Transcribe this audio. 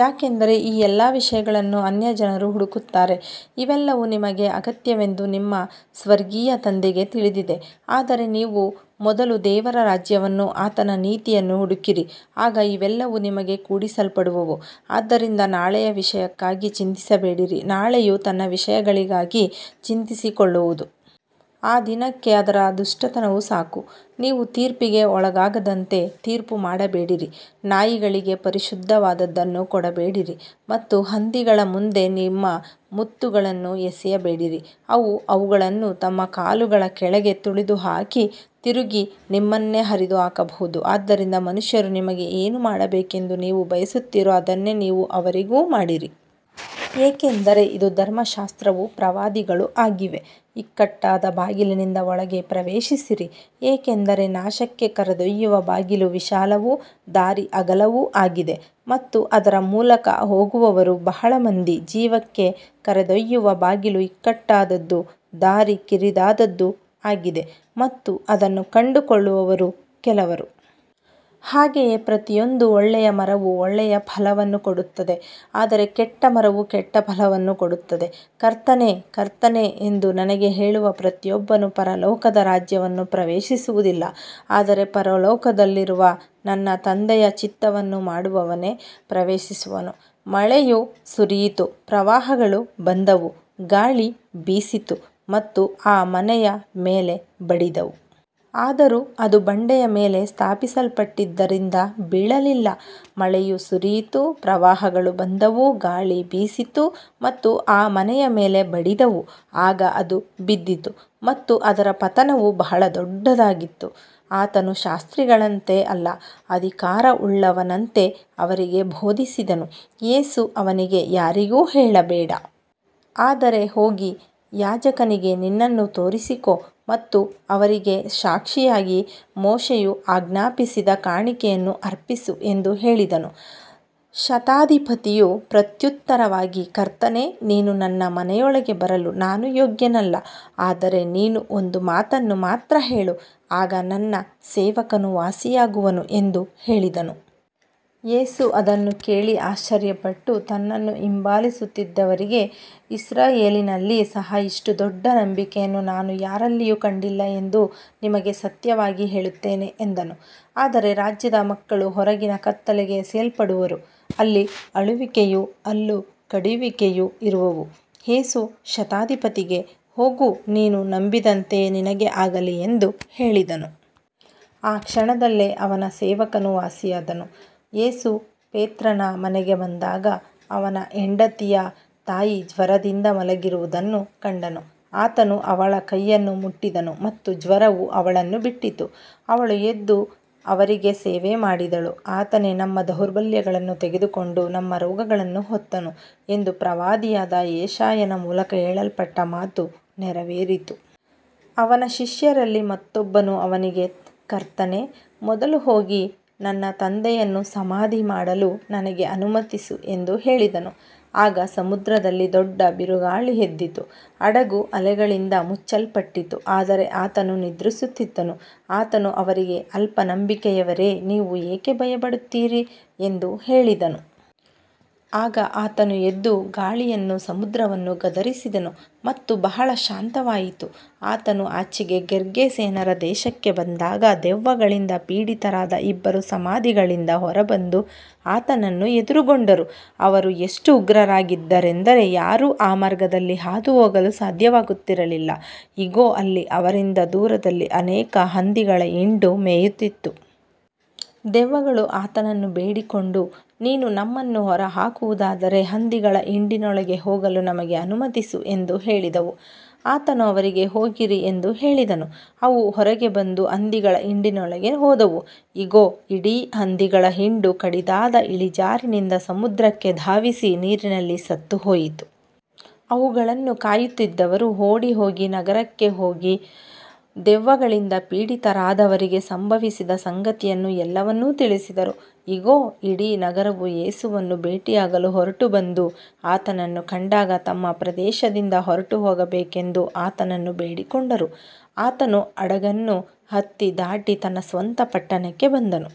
ಯಾಕಂದರೆ ಈ ಎಲ್ಲಾ ವಿಷಯಗಳನ್ನು ಅನ್ಯಜನರು ಹುಡುಕುತ್ತಾರೆ. ಇವೆಲ್ಲವೂ ನಿಮಗೆ ಅಗತ್ಯವೆಂದು ನಿಮ್ಮ ಸ್ವರ್ಗೀಯ ತಂದೆಗೆ ತಿಳಿದಿದೆ. ಆದರೆ ನೀವು ಮೊದಲು ದೇವರ ರಾಜ್ಯವನ್ನೂ ಆತನ ನೀತಿಯನ್ನೂ ಹುಡುಕಿರಿ, ಆಗ ಇವೆಲ್ಲವೂ ನಿಮಗೆ ಕೂಡಿಸಲ್ಪಡುವವು. ಆದ್ದರಿಂದ ನಾಳೆಯ ವಿಷಯಕ್ಕಾಗಿ ಚಿಂತಿಸಬೇಡಿರಿ, ನಾಳೆಯು ತನ್ನ ವಿಷಯಗಳಿಗಾಗಿ ಚಿಂತಿಸಿಕೊಳ್ಳುವುದು. ಆ ದಿನಕ್ಕೆ ಅದರ ದುಷ್ಟತನವು ಸಾಕು. ನೀವು ತೀರ್ಪಿಗೆ ಒಳಗಾಗದಂತೆ ತೀರ್ಪು ಮಾಡಬೇಡಿರಿ. ನಾಯಿಗಳಿಗೆ ಪರಿಶುದ್ಧವಾದದ್ದನ್ನು ಕೊಡಬೇಡಿರಿ ಮತ್ತು ಹಂದಿಗಳ ಮುಂದೆ ನಿಮ್ಮ ಮುತ್ತುಗಳನ್ನು ಎಸೆಯಬೇಡಿರಿ. ಅವು ಅವುಗಳನ್ನು ತಮ್ಮ ಕಾಲುಗಳ ಕೆಳಗೆ ತುಳಿದುಹಾಕಿ ತಿರುಗಿ ನಿಮ್ಮನ್ನೇ ಹರಿದುಹಾಕಬಹುದು. ಆದ್ದರಿಂದ ಮನುಷ್ಯರು ನಿಮಗೆ ಏನು ಮಾಡಬೇಕೆಂದು ನೀವು ಬಯಸುತ್ತೀರೋ ಅದನ್ನೇ ನೀವು ಅವರಿಗೂ ಮಾಡಿರಿ. ಏಕೆಂದರೆ ಇದು ಧರ್ಮಶಾಸ್ತ್ರವೂ ಪ್ರವಾದಿಗಳೂ ಆಗಿವೆ. ಇಕ್ಕಟ್ಟಾದ ಬಾಗಿಲಿನಿಂದ ಒಳಗೆ ಪ್ರವೇಶಿಸಿರಿ. ಏಕೆಂದರೆ ನಾಶಕ್ಕೆ ಕರೆದೊಯ್ಯುವ ಬಾಗಿಲು ವಿಶಾಲವೂ ದಾರಿ ಅಗಲವೂ ಆಗಿದೆ ಮತ್ತು ಅದರ ಮೂಲಕ ಹೋಗುವವರು ಬಹಳ ಮಂದಿ. ಜೀವಕ್ಕೆ ಕರೆದೊಯ್ಯುವ ಬಾಗಿಲು ಇಕ್ಕಟ್ಟಾದದ್ದೂ ದಾರಿ ಕಿರಿದಾದದ್ದೂ ಆಗಿದೆ ಮತ್ತು ಅದನ್ನು ಕಂಡುಕೊಳ್ಳುವವರು ಕೆಲವರು. ಹಾಗೆಯೇ ಪ್ರತಿಯೊಂದು ಒಳ್ಳೆಯ ಮರವು ಒಳ್ಳೆಯ ಫಲವನ್ನು ಕೊಡುತ್ತದೆ, ಆದರೆ ಕೆಟ್ಟ ಮರವು ಕೆಟ್ಟ ಫಲವನ್ನು ಕೊಡುತ್ತದೆ. ಕರ್ತನೇ, ಕರ್ತನೇ ಎಂದು ನನಗೆ ಹೇಳುವ ಪ್ರತಿಯೊಬ್ಬನು ಪರಲೋಕದ ರಾಜ್ಯವನ್ನು ಪ್ರವೇಶಿಸುವುದಿಲ್ಲ. ಆದರೆ ಪರಲೋಕದಲ್ಲಿರುವ ನನ್ನ ತಂದೆಯ ಚಿತ್ತವನ್ನು ಮಾಡುವವನೇ ಪ್ರವೇಶಿಸುವನು. ಮಳೆಯು ಸುರಿಯಿತು, ಪ್ರವಾಹಗಳು ಬಂದವು, ಗಾಳಿ ಬೀಸಿತು ಮತ್ತು ಆ ಮನೆಯ ಮೇಲೆ ಬಡಿದವು. ಆದರೂ ಅದು ಬಂಡೆಯ ಮೇಲೆ ಸ್ಥಾಪಿಸಲ್ಪಟ್ಟಿದ್ದರಿಂದ ಬೀಳಲಿಲ್ಲ. ಮಳೆಯು ಸುರಿಯಿತು, ಪ್ರವಾಹಗಳು ಬಂದವು, ಗಾಳಿ ಬೀಸಿತು ಮತ್ತು ಆ ಮನೆಯ ಮೇಲೆ ಬಡಿದವು. ಆಗ ಅದು ಬಿದ್ದಿತು ಮತ್ತು ಅದರ ಪತನವು ಬಹಳ ದೊಡ್ಡದಾಗಿತ್ತು. ಆತನು ಶಾಸ್ತ್ರಿಗಳಂತೆ ಅಲ್ಲ, ಅಧಿಕಾರವುಳ್ಳವನಂತೆ ಅವರಿಗೆ ಬೋಧಿಸಿದನು. ಯೇಸು ಅವನಿಗೆ, ಯಾರಿಗೂ ಹೇಳಬೇಡ. ಆದರೆ ಹೋಗಿ ಯಾಜಕನಿಗೆ ನಿನ್ನನ್ನು ತೋರಿಸಿಕೊ ಮತ್ತು ಅವರಿಗೆ ಸಾಕ್ಷಿಯಾಗಿ ಮೋಶೆಯು ಆಜ್ಞಾಪಿಸಿದ ಕಾಣಿಕೆಯನ್ನು ಅರ್ಪಿಸು ಎಂದು ಹೇಳಿದನು. ಶತಾಧಿಪತಿಯು ಪ್ರತ್ಯುತ್ತರವಾಗಿ, ಕರ್ತನೇ, ನೀನು ನನ್ನ ಮನೆಯೊಳಗೆ ಬರಲು ನಾನು ಯೋಗ್ಯನಲ್ಲ. ಆದರೆ ನೀನು ಒಂದು ಮಾತನ್ನು ಮಾತ್ರ ಹೇಳು, ಆಗ ನನ್ನ ಸೇವಕನು ವಾಸಿಯಾಗುವನು ಎಂದು ಹೇಳಿದನು. ಯೇಸು ಅದನ್ನು ಕೇಳಿ ಆಶ್ಚರ್ಯಪಟ್ಟು, ತನ್ನನ್ನು ಹಿಂಬಾಲಿಸುತ್ತಿದ್ದವರಿಗೆ, ಇಸ್ರಾಯೇಲಿನಲ್ಲಿ ಸಹ ಇಷ್ಟು ದೊಡ್ಡ ನಂಬಿಕೆಯನ್ನು ನಾನು ಯಾರಲ್ಲಿಯೂ ಕಂಡಿಲ್ಲ ಎಂದು ನಿಮಗೆ ಸತ್ಯವಾಗಿ ಹೇಳುತ್ತೇನೆ ಎಂದನು. ಆದರೆ ರಾಜ್ಯದ ಮಕ್ಕಳು ಹೊರಗಿನ ಕತ್ತಲೆಗೆ ಎಸೆಯಲ್ಪಡುವರು. ಅಲ್ಲಿ ಅಳುವಿಕೆಯೂ ಹಲ್ಲು ಕಡಿಯುವಿಕೆಯೂ ಇರುವವು. ಯೇಸು ಶತಾಧಿಪತಿಗೆ, ಹೋಗು, ನೀನು ನಂಬಿದಂತೆಯೇ ನಿನಗೆ ಆಗಲಿ ಎಂದು ಹೇಳಿದನು. ಆ ಕ್ಷಣದಲ್ಲೇ ಅವನ ಸೇವಕನು ವಾಸಿಯಾದನು. ಯೇಸು ಪೇತ್ರನ ಮನೆಗೆ ಬಂದಾಗ, ಅವನ ಹೆಂಡತಿಯ ತಾಯಿ ಜ್ವರದಿಂದ ಮಲಗಿರುವುದನ್ನು ಕಂಡನು. ಆತನು ಅವಳ ಕೈಯನ್ನು ಮುಟ್ಟಿದನು ಮತ್ತು ಜ್ವರವು ಅವಳನ್ನು ಬಿಟ್ಟಿತು. ಅವಳು ಎದ್ದು ಅವರಿಗೆ ಸೇವೆಮಾಡಿದಳು. ಆತನೇ ನಮ್ಮ ದೌರ್ಬಲ್ಯಗಳನ್ನು ತೆಗೆದುಕೊಂಡು ನಮ್ಮ ರೋಗಗಳನ್ನು ಹೊತ್ತನು ಎಂದು ಪ್ರವಾದಿಯಾದ ಯೆಶಾಯನ ಮೂಲಕ ಹೇಳಲ್ಪಟ್ಟ ಮಾತು ನೆರವೇರಿತು. ಅವನ ಶಿಷ್ಯರಲ್ಲಿ ಮತ್ತೊಬ್ಬನು ಅವನಿಗೆ, ಕರ್ತನೇ, ಮೊದಲು ಹೋಗಿ ನನ್ನ ತಂದೆಯನ್ನು ಸಮಾಧಿ ಮಾಡಲು ನನಗೆ ಅನುಮತಿಸು ಎಂದು ಹೇಳಿದನು. ಆಗ ಸಮುದ್ರದಲ್ಲಿ ದೊಡ್ಡ ಬಿರುಗಾಳಿ ಎದ್ದಿತು. ಹಡಗು ಅಲೆಗಳಿಂದ ಮುಚ್ಚಲ್ಪಟ್ಟಿತು, ಆದರೆ ಆತನು ನಿದ್ರಿಸುತ್ತಿದ್ದನು. ಆತನು ಅವರಿಗೆ, ಅಲ್ಪನಂಬಿಕೆಯವರೇ, ನೀವು ಏಕೆ ಭಯಪಡುತ್ತೀರಿ ಎಂದು ಹೇಳಿದನು. ಆಗ ಆತನು ಎದ್ದು ಗಾಳಿಯನ್ನೂ ಸಮುದ್ರವನ್ನೂ ಗದರಿಸಿದನು ಮತ್ತು ಬಹಳ ಶಾಂತವಾಯಿತು. ಆತನು ಆಚೆಗೆ ಗೆರ್ಗೆಸೇನರ ದೇಶಕ್ಕೆ ಬಂದಾಗ, ದೆವ್ವಗಳಿಂದ ಪೀಡಿತರಾದ ಇಬ್ಬರು ಸಮಾಧಿಗಳಿಂದ ಹೊರಬಂದು ಆತನನ್ನು ಎದುರುಗೊಂಡರು. ಅವರು ಎಷ್ಟು ಉಗ್ರರಾಗಿದ್ದರೆಂದರೆ ಯಾರೂ ಆ ಮಾರ್ಗದಲ್ಲಿ ಹಾದುಹೋಗಲು ಸಾಧ್ಯವಾಗುತ್ತಿರಲಿಲ್ಲ. ಇಗೋ, ಅಲ್ಲಿ ಅವರಿಂದ ದೂರದಲ್ಲಿ ಅನೇಕ ಹಂದಿಗಳ ಹಿಂಡು ಮೇಯುತ್ತಿತ್ತು. ದೆವ್ವಗಳು ಆತನನ್ನು ಬೇಡಿಕೊಂಡು, ನೀನು ನಮ್ಮನ್ನು ಹೊರಹಾಕುವುದಾದರೆ, ಹಂದಿಗಳ ಹಿಂಡಿನೊಳಗೆ ಹೋಗಲು ನಮಗೆ ಅನುಮತಿಸು ಎಂದು ಹೇಳಿದವು. ಆತನು ಅವರಿಗೆ, ಹೋಗಿರಿ ಎಂದು ಹೇಳಿದನು. ಅವು ಹೊರಗೆ ಬಂದು ಹಂದಿಗಳ ಹಿಂಡಿನೊಳಗೆ ಹೋದವು. ಇಗೋ, ಇಡೀ ಹಂದಿಗಳ ಹಿಂಡು ಕಡಿದಾದ ಇಳಿಜಾರಿನಿಂದ ಸಮುದ್ರಕ್ಕೆ ಧಾವಿಸಿ ನೀರಿನಲ್ಲಿ ಸತ್ತುಹೋಯಿತು. ಅವುಗಳನ್ನು ಕಾಯುತ್ತಿದ್ದವರು ಓಡಿಹೋಗಿ ನಗರಕ್ಕೆ ಹೋಗಿ, ದೆವ್ವಗಳಿಂದ ಪೀಡಿತರಾದವರಿಗೆ ಸಂಭವಿಸಿದ ಸಂಗತಿಯನ್ನೂ ಎಲ್ಲವನ್ನೂ ತಿಳಿಸಿದರು. ಇಗೋ, ಇಡೀ ನಗರವು ಯೇಸುವನ್ನು ಭೇಟಿಯಾಗಲು ಹೊರಟುಬಂದು, ಆತನನ್ನು ಕಂಡಾಗ ತಮ್ಮ ಪ್ರದೇಶದಿಂದ ಹೊರಟುಹೋಗಬೇಕೆಂದು ಆತನನ್ನು ಬೇಡಿಕೊಂಡರು. ಆತನು ಹಡಗನ್ನು ಹತ್ತಿ ದಾಟಿ ತನ್ನ ಸ್ವಂತ ಪಟ್ಟಣಕ್ಕೆ ಬಂದನು.